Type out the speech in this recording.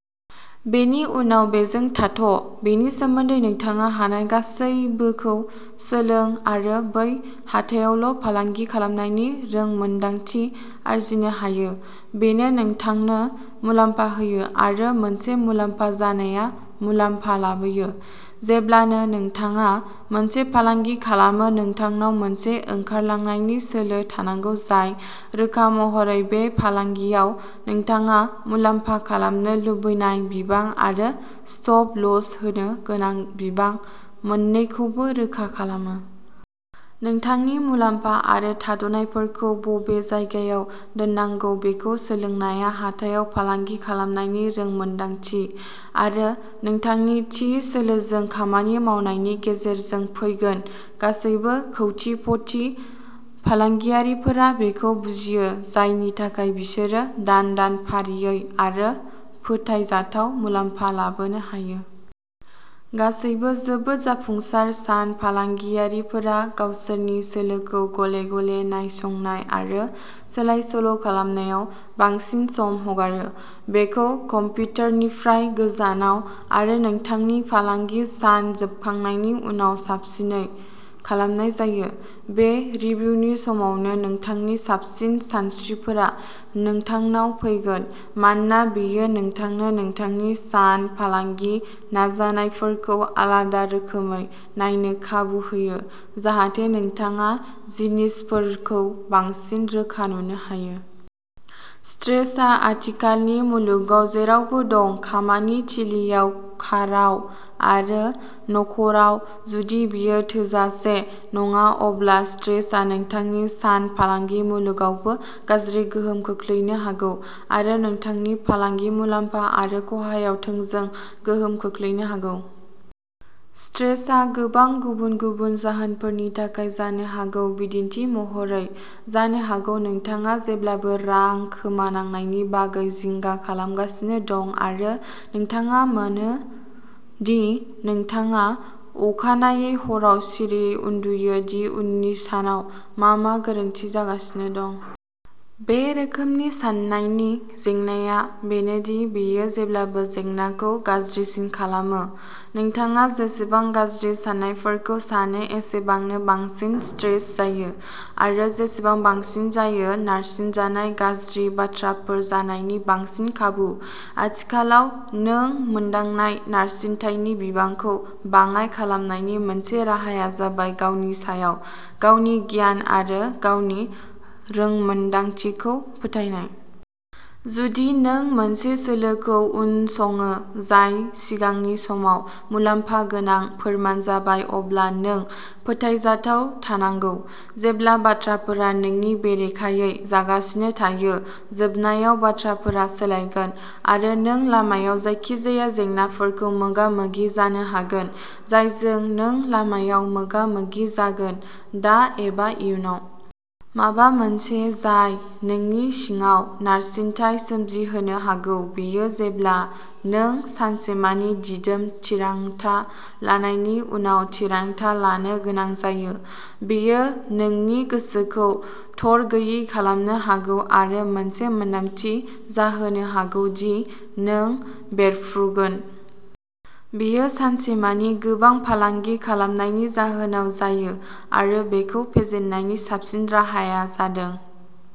बेनि उनाव बेजों थाथ'। बेनि सोमोन्दै नोंथाङा हानाय गासैबोखौ सोलों आरो बै हाथायावल'फालांगि खालामनायनि रोंमोनदांथि आरजिनो हायो। बेनो नोंथांनो मुलाम्फा होयो, आरो मोनसे मुलाम्फा जानाया मुलाम्फा लाबोयो। जेब्लानो नोंथाङा मोनसे फालांगि खालामो, नोंथांनाव मोनसे ओंखारलांनायनि सोलो थानांगौ जाय रोखा महरै बे फालांगियाव नोंथाङा मुलाम्फा खालामनो लुबैनाय बिबां आरो स्टप लस होनो गोनां बिबां मोन्नैखौबो रोखा खालामो। नोंथांनि मुलाम्फा आरो थाद'नायफोरखौ बबे जायगायाव दोननांगौ बेखौ सोलोंनाया हाथायाव फालांगि खालामनायनि रोंमोनदांथि आरो नोंथांनि थि सोलोजों खामानि मावनायनि गेजेरजों फैगोन। गासैबो कौटिपति फालांगियारिफोरा बेखौ बुजियो, जायनि थाखाय बिसोरो दान-दान फारियै आरो फोथायजाथाव मुलाम्फा लाबोनो हायो। गासैबो जोबोद जाफुंसार सान फालांगियारिफोरा गावसोरनि सोलोखौ गले-गले नायसंनाय आरो सोलाय-सोल'खालामनायाव बांसिन सम हगारो। बेखौ कम्पिउटारनिफ्राय गोजानाव आरो नोंथांनि फालांगि सान जोबखांनायनि उनाव साबसिनै खालामनाय जायो। बे रिभिउनि समावनो नोंथांनि साबसिन सानस्रिफोरा नोंथांनाव फैगोन, मानोना बेयो नोंथांनो नोंथांनि सान फालांगि नाजानायफोरखौ आलादा रोखोमै नायनो खाबु होयो जाहाथे नोंथाङा जिनिसफोरखौ बांसिन रोखा नुनो हायो। स्ट्रेसआ आथिखालनि मुलुगाव जेरावबो दं। खामानि थिलिआव, काराव, आरो नख'राव। जुदि बेयो थोजासे नङा, अब्ला स्ट्रेसआ नोंथांनि सान फालांगि मुलुगावबो गाज्रि गोहोम खोख्लैनो हागौ, आरो नोंथांनि फालांगि मुलाम्फा आरो खहायाव थोंजों गोहोम खोख्लैनो हागौ। स्ट्रेसआ गोबां गुबुन-गुबुन जाहोनफोरनि थाखाय जानो हागौ। बिदिन्थि महरै, जानो हागौ नोंथाङा जेब्लाबो रां खोमानांनायनि बागै जिंगा खालामगासिनो दं, आरो नोंथाङा मोनो दि नोंथाङा अखानायै हराव सिरियै उन्दुयो दि उननि सानाव मा मा गोरोन्थि जागासिनो दं? बे रोखोमनि साननायनि जेंनाआ बेनो दि बेयो जेब्लाबो जेंनाखौ गाज्रिसिन खालामो। नोंथाङा जेसेबां गाज्रि साननायफोरखौ सानो, एसेबांनो बांसिन स्ट्रेस जायो, आरो जेसेबां बांसिन जायो। नारसिनजानाय, गाज्रि बाथ्राफोर जानायनि बांसिन खाबु। आथिखालाव नों मोनदांनाय नारसिनथायनि बिबांखौ बाङाइ खालामनायनि मोनसे राहाया जाबाय गावनि सायाव, गावनि गियान आरो गावनि रोंमोन्दांथिखौ फोथायनाय। जुदि नों मोनसे सोलोखौ उनसङो जाय सिगांनि समाव मुलाम्फा गोनां फोरमान जाबाय, अब्ला नों फोथायजाथाव थानांगौ, जेब्ला बाथ्राफोरा नोंनि बेरेखायै जागासिनो थायो। जोबनायाव बाथ्राफोरा सोलायगोन, आरो नों लामायाव जायखिजाया जेंनाफोरजों मोगा-मोगि जानो हागोन, जायजों नों लामायाव मोगा-मोगि जागोन, दा एबा इयुनाव। माबा मोनसे जाय नोंनि सिङाव नारसिनथाय सोमजिहोनो हागौ, बेयो जेब्ला नों सानसेमानि दिदोम थिरांथा लानायनि उनाव थिरांथा लानो गोनां जायो। बेयो नोंनि गोसोखौ थरगैयि खालामनो हागौ आरो मोनसे मोन्दांथि जाहोनो हागौ दि नों बेरफ्रुगोन। बेयो सानसेमानि गोबां फालांगि खालामनायनि जाहोनाव जायो, आरो बेखौ फेजेननायनि साबसिन राहाया जादों